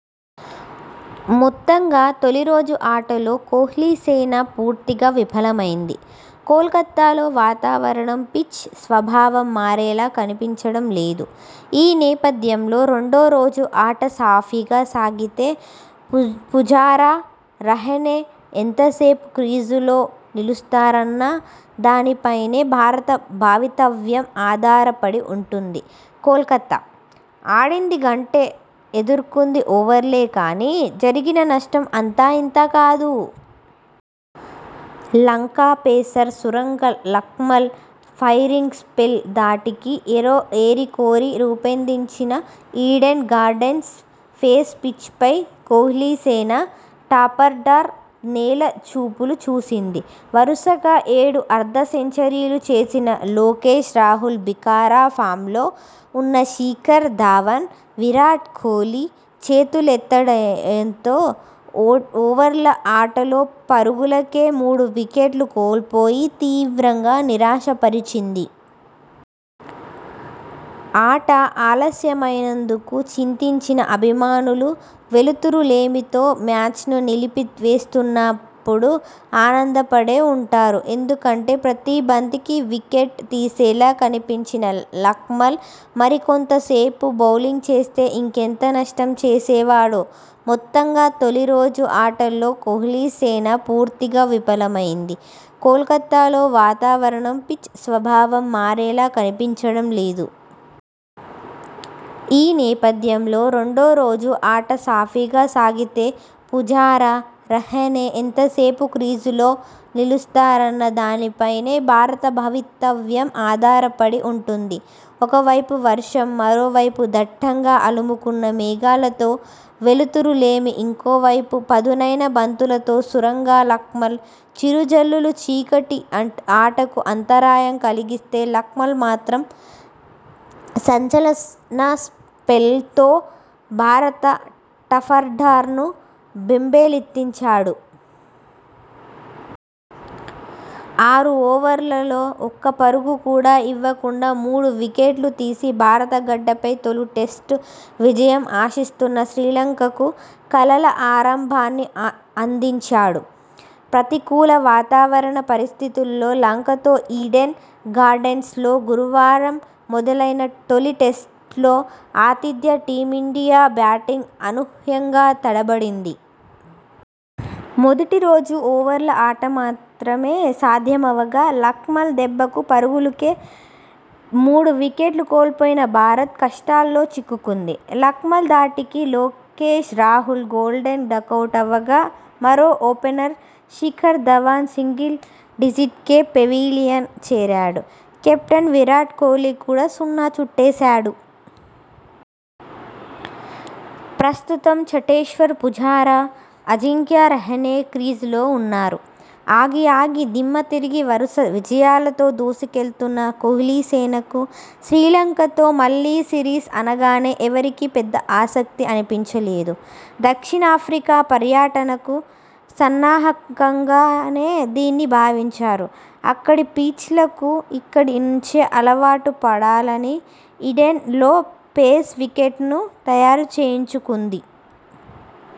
మొత్తంగా తొలి రోజు ఆటలో కోహ్లీసేన పూర్తిగా విఫలమైంది! కోల్కతాలో వాతావారణం పిచ్ స్వభావం మారేలా కనిపించడం లేదు! ఈ నేపథ్యంలో రెండో రోజు ఆట సాఫీగా సాగితే పుజారా, రహానె ఎంతసేపు క్రీజులో నిలుస్తారన్న దానిపైనే భారత భవితవ్యం ఆధారపడి ఉంటుంది! కోల్కతా: ఆడింది గంటే ఎదుర్కొంది ఓవర్లే కానీ, జరిగిన నష్టం అంతా ఇంతా కాదు! Lanka pacer Suranga Lakmal firing spell ధాటికి ఏరికోరి రూపొందించినఈడెన్ గార్డెన్స్ పేస్ పిచ్పై కోహ్లీసేన టాపార్డర్ నేల చూపులు చూసింది! వరుసగా ఏడు అర్ధ సెంచరీలు చేసిన లోకేశ్ రాహుల్ భీకర ఫామ్లో ఉన్న శిఖర్ ధవన్, విరాట్ కోహ్లీ చేతులెత్తేడయంతో ఓవర్ల ఆటలో పరుగులకే మూడు వికెట్లు కోల్పోయి తీవ్రంగా నిరాశ పరిచింది! ఆట ఆలస్యమైనందుకు చింతించిన అభిమానులు వెలుతురు లేమితో మ్యాచ్ను నిలిపి వేస్తున్నపుడు ఆనందపడే ఉంటారు! ఎందుకంటే ప్రతీ బంతికి వికెట్ తీసేలా కనిపించిన లక్మల్ మరికొంతసేపు బౌలింగ్ చేస్తే ఇంకెంత నష్టం చేసేవాడో! మొత్తంగా తొలి రోజు ఆటలో కోహ్లీసేన పూర్తిగా విఫలమైంది! కోల్కతాలో వాతావారణం పిచ్ స్వభావం మారేలా కనిపించడం లేదు! ఈ నేపథ్యంలో రెండో రోజు ఆట సాఫీగా సాగితే పుజారా, రహానె ఎంతసేపు క్రీజులో నిలుస్తారన్న దానిపైనే భారత భవితవ్యం ఆధారపడి ఉంటుంది! ఒకవైపు వర్షం మరోవైపు దట్టం గా అలముకున్న మేఘాలతో వెలుతురు లేమి ఇంకోవైపు పదునైన బంతులతో సురంగ లక్మ ల్! చిరు జల్లులు చీకటి ఆటకు అంతరాయం కలిగిస్తే లక్మల్ మాత్రం సంచలన స్పెల్తో భారత టాపార్డర్ను బెంబేలెత్తించాడు! ఆరు ఓవర్లలో ఒక్క పరుగు కూడా ఇవ్వకుండా మూడు వికెట్లు తీసి భారత గడ్డపై తొలి టెస్టు విజయం ఆశిస్తున్న శ్రీలంకకు కలల ఆరంభాన్ని అందించాడు! ప్రతికూల వాతావరణ పరిస్థితుల్లో లంకతో ఈడెన్ గార్డెన్స్లో గురువారం మొదలైన తొలి టెస్టులో ఆతిథ్య టీమిండియా బ్యాటింగ్ అనూ హ్యంగా తడబడింది. మొదటి రోజు ఓవర్ల ఆట మాత్రమే సాథ్యమవగా లక్మల్ దెబ్బకు పరుగుల కే మూడు వికెట్లు కోల్పోయిన భారత్ కష్టాల్లో చిక్కు కుంది. లక్మల్ ధాటికి లోకేశ్ రాహుల్ గోల్డెన్ డకౌటవగా మరో ఓపెనర్ శిఖర్ ధవన్ సింగిల్ డిజిట్కే పెవిలియన్ చేరాడు. కెప్టెన్ విరాట్ కోహ్లీ కూడా సున్నా చుట్టేశాడు. ప్రస్తుతం చటేశ్వర్ పుజారా, అజింక్యా రహానె క్రీజులో ఉన్నారు. ఆగి ఆగి దిమ్మతిరిగి వరుస విజయాలతో దూసుకెళ్తున్న కోహ్లీసేనకు శ్రీలంకతో మళ్లీ సిరీస్ అనగానే ఎవరికీ పెద్ద ఆసక్తి అనిపించలేదు. దక్షిణాఫ్రికా పర్యటనకు సన్నాహకంగానే దీన్ని భావించారు. అక్కడి పిచ్లకు ఇక్కడి నుంచే అలవాటు పడాలని ఈడెన్ లో పేస్ వికెట్ను తయారు చేయించుకుంది.